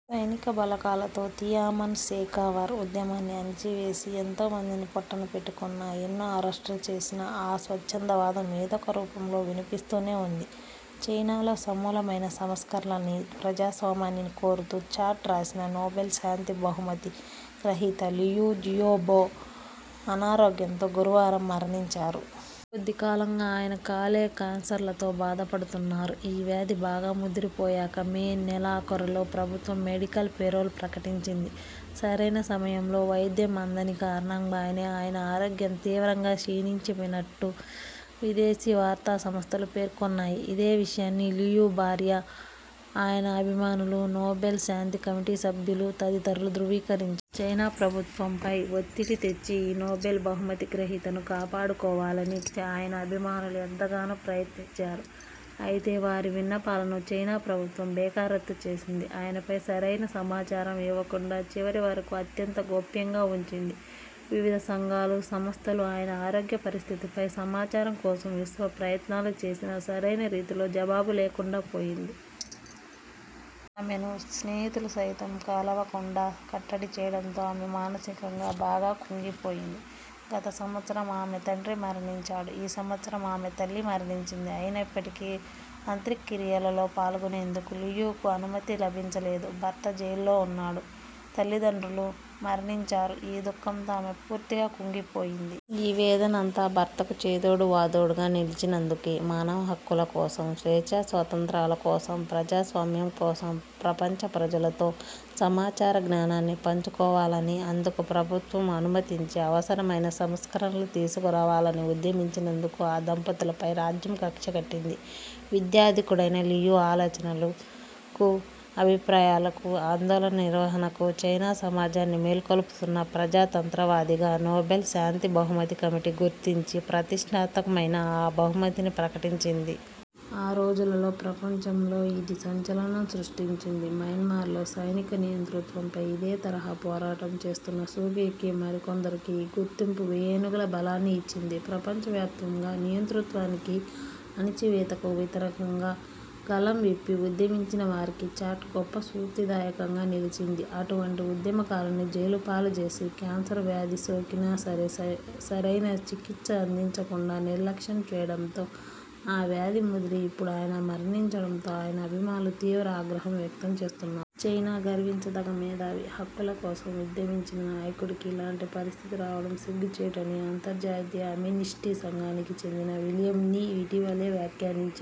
సైనికబలగాలతో Tiananmen Square ఉద్యమాన్ని అణచివేసి ఎంతోమందిని పొట్టనపెట్టుకున్నా, ఎన్నో అరెస్టులు చేసినా ఆ స్వేచ్ఛావాదం ఏదో రూపంలో వినిపిస్తూనే ఉంది. చైనాలో సమూలమైన సంస్కరణలనీ, ప్రజాస్వామ్యాన్నీ కోరుతూ 'చార్టర్ ' రాసిన నోబెల్ శాంతి బహుమతి గ్రహీత లియు జియబో అనారోగ్యంతో గురువారం మరణించారు. కొద్దికాలంగా ఆయన కాలేయ క్యాన్సర్తో బాధపడుతున్నారు. ఆ వ్యాధి బాగా ముదిరిపోయాక మే నెలాఖరులో ప్రభుత్వం మెడికల్ పేరోల్ ప్రకటించింది. సరైన సమయంలో వైద్యం అందని కారణంగానే ఆయన ఆరోగ్యం తీవ్రంగా క్షీణించిపోయినట్టు విదేశీ వార్తాసంస్థలు పేర్కొన్నాయి. ఇదే విషయాన్ని లియు భార్య, ఆయన అభిమానులు, నోబెల్ శాంతి కమిటీ సభ్యులు తదితరులు ధ్రువీకరించారు. చైనా ప్రభుత్వంపై ఒత్తిడి తెచ్చి ఈ నోబెల్ బహుమతి గ్రహీతను కాపాడుకోవాలని ఆయన అభిమానులు ఎంతగానో ప్రయత్నించారు. అయితే, వారి విన్నపాలను చైనా ప్రభుత్వం బేఖాతరు చేసింది. ఆయనపై సరైన సమాచారం ఇవ్వకుండా చివరివరకూ అంతా గోప్యంగా ఉంచింది. వివిధ సంఘాలు–సంస్థలు ఆయన ఆరోగ్యపరిస్థితిపై సమాచారం కోసం విశ్వప్రయత్నాలు చేసినా సరైన రీతిలో జవాబు లేకుండాపోయింది. ఆమెను స్నేహితులు సైతం కలువకుండా కట్టడి చేయడంతో ఆమె మానసికంగా బాగా కుంగిపోయింది. గత సంవత్సరం ఆమె తండ్రి మరణించాడు. ఈ సంవత్సరం ఆమె తల్లి మరణించింది. అయినప్పటికీ అంత్యక్రియల్లో పాల్గొనేందుకు లియుకు అనుమతి లభించలేదు. భర్త జైల్లో ఉన్నాడు, తల్లిదండ్రులు మరణించారు. ఈ దుఃఖంతో ఆమె పూర్తిగా కుంగిపోయింది. ఈ వేదన అంతా భర్తకు చేదోడువాదోడుగా నిలిచినందుకే. మానవ హక్కులకోసం, స్వేచ్ఛస్వాతంత్ర్యాల కోసం, ప్రజాస్వామ్యం కోసం, ప్రపంచ ప్రజలతో సమాచారాన్ని, జ్ఞానాన్ని పంచుకోవాలని, అందుకు ప్రభుత్వం అనుమతించి అవసరమైన సంస్కరణలు తీసుకురావాలని ఉద్యమించినందుకు ఆ దంపతులపై 'రాజ్యం' కక్షగట్టింది. విద్యాధికుడైన లియు ఆలోచనలకు, అభిప్రాయాలకు, ఆందోళన నిర్వహణకు, చైనా సమాజాన్ని మేల్కొల్పుతున్న ప్రజాతంత్రవాదిగా నోబెల్శాంతి బహుమతి కమిటీ గుర్తించి ప్రతిష్ఠాత్మకమైన ఆ బహుమతిని ప్రకటించింది. ఆ రోజుల్లో ప్రపంచంలో ఇది సంచలనం సృష్టించింది. మైన్మార్లో సైనిక నియంతృత్వంపై ఇదే తరహా పోరాటం చేస్తున్న సూకీకి మరికొందరికి ఈ గుర్తింపు వెయ్యేనుగుల బలాన్ని ఇచ్చింది. ప్రపంచవ్యాప్తంగా నియంతృత్వానికి, అణచివేతకు వ్యతిరేకంగా గళం విప్పి ఉద్యమించినవారికి 'చార్టర్ ' గొప్ప స్ఫూర్తిదాయకంగా నిలిచింది. అటువంటి ఉద్యమకారుడిని జైలుపాల్జేసి, క్యాన్సర్ వ్యాధి సోకినా సరైన చికిత్స అందించకుండా నిర్లక్ష్యం చేయడంతో ఆ వ్యాధి ముదిరి, ఇప్పుడు ఆయన మరణించడంతో ఆయన అభిమానులు తీవ్ర ఆగ్రహం వ్యక్తం చేస్తున్నారు. చైనా గర్వించదగ్గ మేధావి, హక్కులకోసం ఉద్యమించిన నాయకుడికి ఇలాంటి పరిస్థితి రావడం సిగ్గుచేటు అని అంతర్జాతీయ ఆమ్నెస్టీ సంఘానికి చెందిన విలియంనీ ఇటీవలే వ్యాఖ్యానించారు.